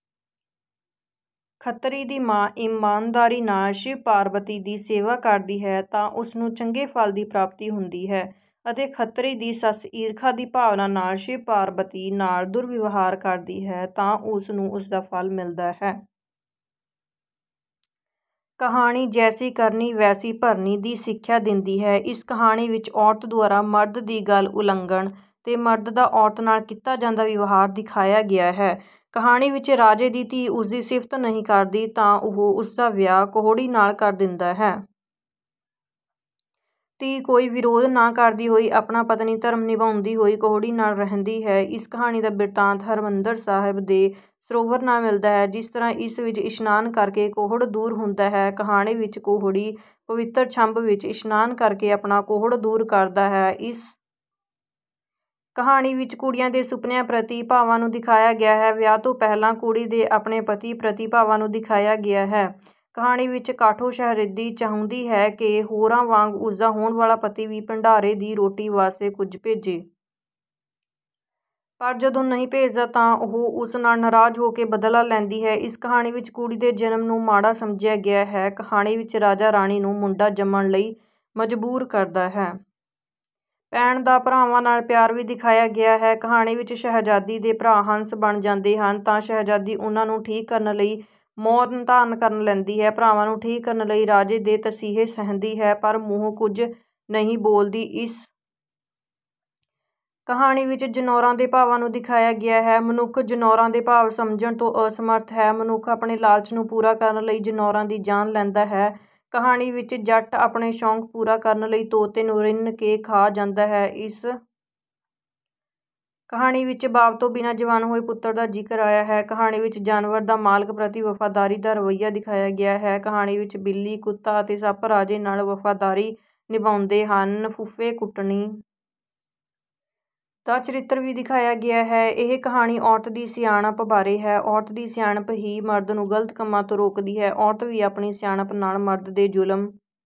ਖੱਤਰੀ ਦੀ ਮਾਂ ਈਮਾਨਦਾਰੀ ਨਾਲ ਸ਼ਿਵ-ਪਾਰਬਤੀ ਦੀ ਸੇਵਾ ਕਰਦੀ ਹੈ ਤਾਂ ਉਸ ਨੂੰ ਚੰਗੇ ਫਲ ਦੀ ਪ੍ਰਾਪਤੀ ਹੁੰਦੀ ਹੈ ਅਤੇ ਖੱਤਰੀ ਦੀ ਸੱਸ ਈਰਖਾ ਦੀ ਭਾਵਨਾ ਨਾਲ ਸ਼ਿਵ-ਪਾਰਬਤੀ ਨਾਲ ਦੁਰਵਿਵਹਾਰ ਕਰਦੀ ਹੈ ਤਾਂ ਉਸ ਨੂੰ ਉਸ ਦਾ ਫਲ ਮਿਲਦਾ ਹੈ। ਕਹਾਣੀ ‘ਜੈਸੀ ਕਰਨੀ, ਵੈਸੀ ਭਰਨੀ’ ਦੀ ਸਿੱਖਿਆ ਦਿੰਦੀ ਹੈ। ਇਸ ਕਹਾਣੀ ਵਿਚ ਔਰਤ ਦੁਆਰਾ ਮਰਦ ਦੀ ਗੱਲ ਉਲੰਘਣ ’ਤੇ ਮਰਦ ਦਾ ਔਰਤ ਨਾਲ ਕੀਤਾ ਜਾਂਦਾ ਵਿਵਹਾਰ ਦਿਖਾਇਆ ਗਿਆ ਹੈ। ਕਹਾਣੀ ਵਿੱਚ ਰਾਜੇ ਦੀ ਧੀ ਉਸਦੀ ਸ਼ਿਫ਼ਤ ਨਹੀਂ ਕਰਦੀ ਤਾਂ ਉਹ ਉਸਦਾ ਵਿਆਹ ਕੋਹੜੀ ਨਾਲ ਕਰ ਦਿੰਦਾ ਹੈ। ਧੀ ਕੋਈ ਵਿਰੋਧ ਨਾ ਕਰਦੀ ਹੋਈ, ਆਪਣਾ ਪਤਨੀ-ਧਰਮ ਨਿਭਾਉਂਦੀ ਹੋਈ ਕੋਹੜੀ ਨਾਲ ਰਹਿੰਦੀ ਹੈ। ਇਸ ਕਹਾਣੀ ਦਾ ਬਿਰਤਾਂਤ ਹਰਿਮੰਦਰ ਸਾਹਿਬ ਦੇ ਸਰੋਵਰ ਨਾਲ ਮਿਲਦਾ ਹੈ। ਜਿਸ ਤਰ੍ਹਾਂ ਇਸ ਵਿੱਚ ਇਸ਼ਨਾਨ ਕਰਕੇ ਕੋਹੜ ਦੂਰ ਹੁੰਦਾ ਹੈ, ਕਹਾਣੀ ਵਿਚ ਕੋਹੜੀ ਪਵਿੱਤਰ ਛੰਬ ਵਿਚ ਇਸ਼ਨਾਨ ਕਰਕੇ ਆਪਣਾ ਕੋਹੜ ਦੂਰ ਕਰਦਾ ਹੈ। ਇਸ ਕਹਾਣੀ ਵਿਚ ਕੁੜੀਆਂ ਦੇ ਸੁਪਨਿਆਂ ਪ੍ਰਤੀ ਭਾਵਾਂ ਨੂੰ ਦਿਖਾਇਆ ਗਿਆ ਹੈ। ਵਿਆਹ ਤੋਂ ਪਹਿਲਾਂ ਕੁੜੀ ਦੇ ਆਪਣੇ ਪਤੀ ਪ੍ਰਤੀ ਭਾਵਾਂ ਨੂੰ ਦਿਖਾਇਆ ਗਿਆ ਹੈ। ਕਹਾਣੀ ਵਿੱਚ ਕਾਠੋ ਸ਼ਹਿਜ਼ਾਦੀ ਚਾਹੁੰਦੀ ਹੈ ਕਿ ਹੋਰਾਂ ਵਾਂਗ ਉਸਦਾ ਹੋਣ ਵਾਲਾ ਪਤੀ ਵੀ ਭੰਡਾਰੇ ਦੀ ਰੋਟੀ ਵਾਸਤੇ ਕੁਝ ਭੇਜੇ। ਪਰ ਜਦੋਂ ਨਹੀਂ ਭੇਜਦਾ ਤਾਂ ਉਹ ਉਸ ਨਾਲ ਨਾਰਾਜ਼ ਹੋ ਕੇ ਬਦਲਾ ਲੈਂਦੀ ਹੈ। ਇਸ ਕਹਾਣੀ ਵਿਚ ਕੁੜੀ ਦੇ ਜਨਮ ਨੂੰ ਮਾੜਾ ਸਮਝਿਆ ਗਿਆ ਹੈ। ਕਹਾਣੀ ਵਿੱਚ ਰਾਜਾ ਰਾਣੀ ਨੂੰ ਮੁੰਡਾ ਜੰਮਣ ਲਈ ਮਜ਼ਬੂਰ ਕਰਦਾ ਹੈ। ਭੈਣ ਦਾ ਭਰਾਵਾਂ ਨਾਲ ਪਿਆਰ ਵੀ ਦਿਖਾਇਆ ਗਿਆ ਹੈ। ਕਹਾਣੀ ਵਿੱਚ ਸ਼ਹਿਜ਼ਾਦੀ ਦੇ ਭਰਾ ਹੰਸ ਬਣ ਜਾਂਦੇ ਹਨ ਤਾਂ ਸ਼ਹਿਜ਼ਾਦੀ ਉਨ੍ਹਾਂ ਨੂੰ ਠੀਕ ਕਰਨ ਲਈ ਮੌਨ ਧਾਰਨ ਕਰ ਲੈਂਦੀ ਹੈ। ਭਰਾਵਾਂ ਨੂੰ ਠੀਕ ਕਰਨ ਲਈ ਰਾਜੇ ਦੇ ਤਸੀਹੇ ਸਹਿੰਦੀ ਹੈ, ਪਰ ਮੂੰਹੋਂ ਕੁਝ ਨਹੀਂ ਬੋਲਦੀ। ਇਸ ਕਹਾਣੀ ਵਿਚ ਜਨੌਰਾਂ ਦੇ ਭਾਵਾਂ ਨੂੰ ਦਿਖਾਇਆ ਗਿਆ ਹੈ। ਮਨੁੱਖ ਜਨੌਰਾਂ ਦੇ ਭਾਵ ਸਮਝਣ ਤੋਂ ਅਸਮਰਥ ਹੈ। ਮਨੁੱਖ ਆਪਣੇ ਲਾਲਚ ਨੂੰ ਪੂਰਾ ਕਰਨ ਲਈ ਜਨੌਰਾਂ ਦੀ ਜਾਨ ਲੈਂਦਾ ਹੈ। ਕਹਾਣੀ ਵਿੱਚ ਜੱਟ ਆਪਣੇ ਸ਼ੌਕ ਪੂਰਾ ਕਰਨ ਲਈ ਤੋਤੇ ਨੂੰ ਰਿੰਨ੍ਹ ਕੇ ਖਾ ਜਾਂਦਾ ਹੈ। ਇਸ ਕਹਾਣੀ ਵਿਚ ਬਾਪ ਤੋਂ ਬਿਨਾਂ ਜਵਾਨ ਹੋਏ ਪੁੱਤਰ ਦਾ ਜ਼ਿਕਰ ਆਇਆ ਹੈ। ਕਹਾਣੀ ਵਿੱਚ ਜਾਨਵਰ ਦਾ ਮਾਲਕ ਪ੍ਰਤੀ ਵਫ਼ਾਦਾਰੀ ਦਾ ਰਵੱਈਆ ਦਿਖਾਇਆ ਗਿਆ ਹੈ। ਕਹਾਣੀ ਵਿਚ ਬਿੱਲੀ, ਕੁੱਤਾ ਅਤੇ ਸੱਪ ਰਾਜੇ ਨਾਲ ਵਫ਼ਾਦਾਰੀ ਨਿਭਾਉਂਦੇ ਹਨ। ਫੁੱਫੇਕੁਟਣੀ ਦਾ ਚਰਿੱਤਰ ਵੀ ਦਿਖਾਇਆ ਗਿਆ ਹੈ। ਇਹ ਕਹਾਣੀ ਔਰਤ ਦੀ ਸਿਆਣਪ ਬਾਰੇ ਹੈ। ਔਰਤ ਦੀ ਸਿਆਣਪ ਹੀ ਮਰਦ ਨੂੰ ਗਲਤ ਕੰਮਾਂ ਤੋਂ ਰੋਕਦੀ ਹੈ। ਔਰਤ ਵੀ ਆਪਣੀ ਸਿਆਣਪ ਨਾਲ ਮਰਦ ਦੇ ਜ਼ੁਲਮ...